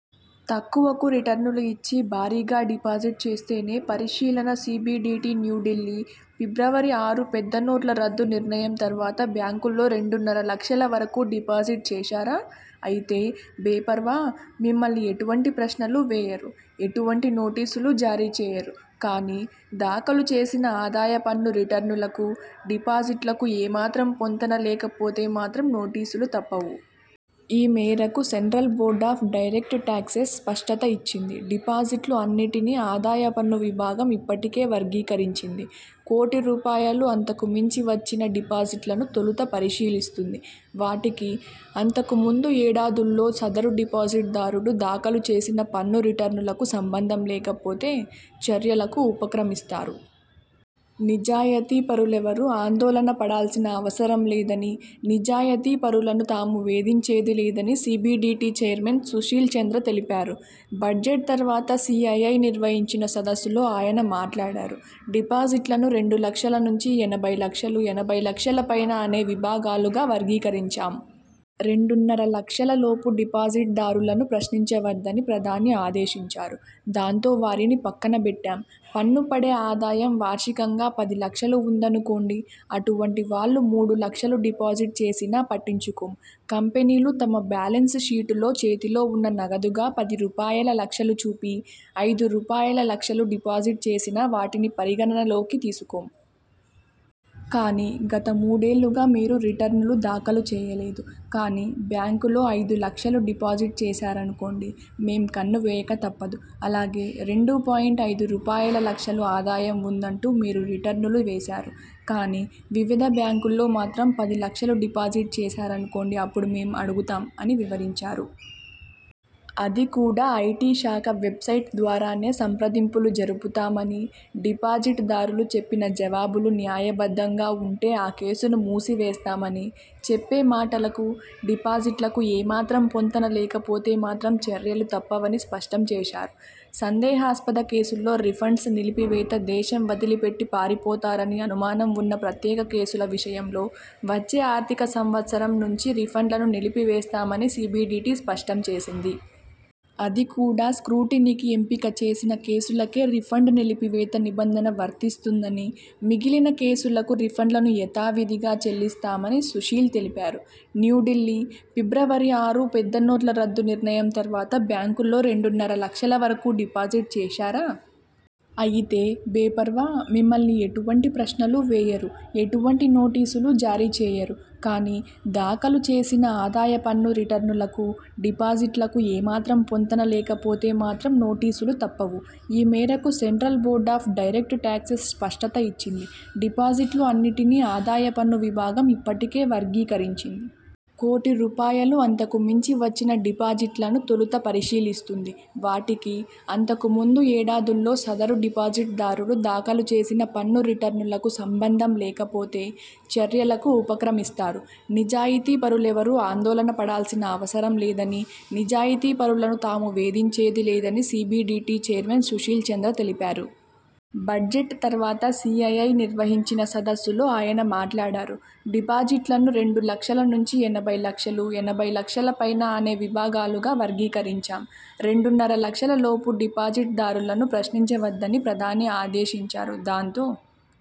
తక్కువకు రిటర్నులు ఇచ్చి భారీగా డిపాజిట్ చేస్తేనే పరిశీలన సీబీడీటీ న్యూఢిల్లీ, ఫిబ్రవరి ఆరు పెద్ద నోట్ల రద్దు నిర్ణయం తర్వాత బ్యాంకుల్లో రెండున్నర లక్షల వరకూ డిపాజిట్ చేశారా!? అయితే, బేపర్వా! మిమ్మల్ని ఎటువంటి ప్రశ్నలూ వేయరు. ఎటువంటి నోటీసులూ జారీ చేయరు. కానీ, దాఖలు చేసిన ఆదాయ పన్ను రిటర్నులకు, డిపాజిట్లకు ఏ మాత్రం పొంతన లేకపోతే మాత్రం నోటీసులు తప్పవు! ఈ మేరకు Central Board of Direct Taxes స్పష్టత ఇచ్చింది. డిపాజిట్లు అన్నిటినీ ఆదాయ పన్ను విభాగం ఇప్పటికే వర్గీ కరించింది. కోటి రూపాయలు అంతకు మించి వచ్చిన డిపాజిట్లను తొలుత పరిశీలిస్తుంది. వాటికి, అంతకు ముందు ఏడాదుల్లో సదరు డిపాజిట్ దారుడు దాఖలు చేసిన పన్ను రిటర్నులకు సంబంధం లేకపోతే, చర్యలకు ఉపక్రమిస్తారు. నిజాయతీ పరులెవరూ ఆందోళన పడాల్సిన అవసరం లేదని, నిజాయతీ పరులను తాము వేధించేది లేదని సీబీడీటీ చైర్మన్ సుశీల్ చంద్ర తెలిపారు. బడ్జెట్ తర్వాత సీఐఐ నిర్వహించిన సదస్సులో ఆయన మాట్లాడారు. ''డిపాజిట్లను రెండు లక్షల నుంచి ఎనభై లక్షలు ఎనభై లక్షల పైన అనే విభాగాలుగా వర్గీకరించాం. రెండున్నర లక్షల లోపు డిపాజిట్ దారులను ప్రశ్నించ వద్దని ప్రధాని ఆదేశించారు. దాంతో వారిని పక్కనబెట్టాం. పన్ను పడే ఆదాయం వార్షికంగా పది లక్షలు ఉందనుకోండి. అటువంటి వాళ్లు మూడు లక్షలు డిపాజిట్ చేసినా పట్టించుకోం. కంపెనీ లు తమ బ్యాలెన్స్ షీటులో చేతిలో ఉన్న నగదుగా పది రూపాయల లక్షలు చూపి, ఐదు రూపాయల లక్షలు డిపాజిట్ చేసినా వాటిని పరిగణనలోకి తీసుకోం. కానీ, గత మూడేళ్లుగా మీరు రిటర్నులు దాఖలు చేయలేదు. కానీ, బ్యాంకులో ఐదు లక్షలు డిపాజిట్ చేశారనుకోండి. మేం కన్ను వేయక తప్పదు. అలాగే, రెండు పాయింట్ ఐదు రూపాయల లక్షల ఆదాయం ఉందంటూ మీరు రిటర్నులు వేశారు. కానీ, వివిధ బ్యాంకుల్లో మాత్రం పది లక్షలు డిపాజిట్ చేశారనుకోండి అప్పుడు మేం అడుగుతాం'' అని వివరించారు. అది కూడా ఐటీ శాఖ వెబ్సైట్ ద్వారానే సంప్రదింపులు జరుపుతామని, డిపాజిట్ దారులు చెప్పిన జవాబులు న్యాయ బద్ధంగా ఉంటే ఆ కేసును మూసి వేస్తామని, చెప్పే మాటలకు, డిపాజిట్లకు ఏమాత్రం పొంతన లేకపోతే మాత్రం చర్యలు తప్పవని స్పష్టం చేశారు. సందేహాస్పద కేసుల్లో రిఫండ్స్ నిలిపి వేత దేశం వదిలి పెట్టి పారిపోతారని అనుమానం ఉన్న ప్రత్యేక కేసుల విషయంలో వచ్చే ఆర్థిక సంవత్సరం నుంచి రిఫండ్లను నిలిపి వేస్తామని సీబీడీటీ స్పష్టం చేసింది. అది కూడా స్క్రూటినికి ఎంపిక చేసిన కేసులకే రిఫండ్ నిలిపి వేత నిబంధన వర్తిస్తుందని, మిగిలిన కేసులకు రిఫండ్లను యథా విధిగా చెల్లిస్తామని సుశీల్ తెలిపారు. న్యూఢిల్లీ, ఫిబ్రవరి ఆరు పెద్ద నోట్ల రద్దు నిర్ణయం తర్వాత బ్యాంకుల్లో రెండున్నర లక్షల వరకూ డిపాజిట్ చేశారా!? అయితే, బేపర్వా! మిమ్మల్ని ఎటువంటి ప్రశ్నలూ వేయరు. ఎటువంటి నోటీసులూ జారీ చేయరు. కానీ, దాఖలు చేసిన ఆదాయ పన్ను రిటర్నులకు, డిపాజిట్లకు ఏమాత్రం పొంతన లేకపోతే మాత్రం నోటీసులు తప్పవు! ఈ మేరకు Central Board of Direct Taxes స్పష్టత ఇచ్చింది. డిపాజిట్లు అన్నిటినీ ఆదాయ పన్ను విభాగం ఇప్పటికే వర్గీ కరించింది. కోటి రూపాయలు అంతకు మించి వచ్చిన డిపాజిట్లను తొలుత పరిశీలిస్తుంది. వాటికి, అంతకు ముందు ఏడాదుల్లో సదరు డిపాజిట్ దారుడు దాఖలు చేసిన పన్ను రిటర్నులకు సంబంధం లేకపోతే, చర్యలకు ఉపక్రమిస్తారు. నిజాయతీ పరులెవరూ ఆందోళన పడాల్సిన అవసరం లేదని, నిజాయతీ పరులను తాము వేధించేది లేదని సీబీడీటీ చైర్మన్ సుశీల్ చంద్ర తెలిపారు. బడ్జెట్ తర్వాత సీఐఐ నిర్వహించిన సదస్సులో ఆయన మాట్లాడారు. డిపాజిట్లను రెండు లక్షల నుంచి ఎనభై లక్షలు ఎనభై లక్షల పైన అనే విభాగాలుగా వర్గీకరించాం. రెండున్నర లక్షల లోపు డిపాజిట్ దారులను ప్రశ్నించ వద్దని ప్రధాని ఆదేశించారు. దాంతో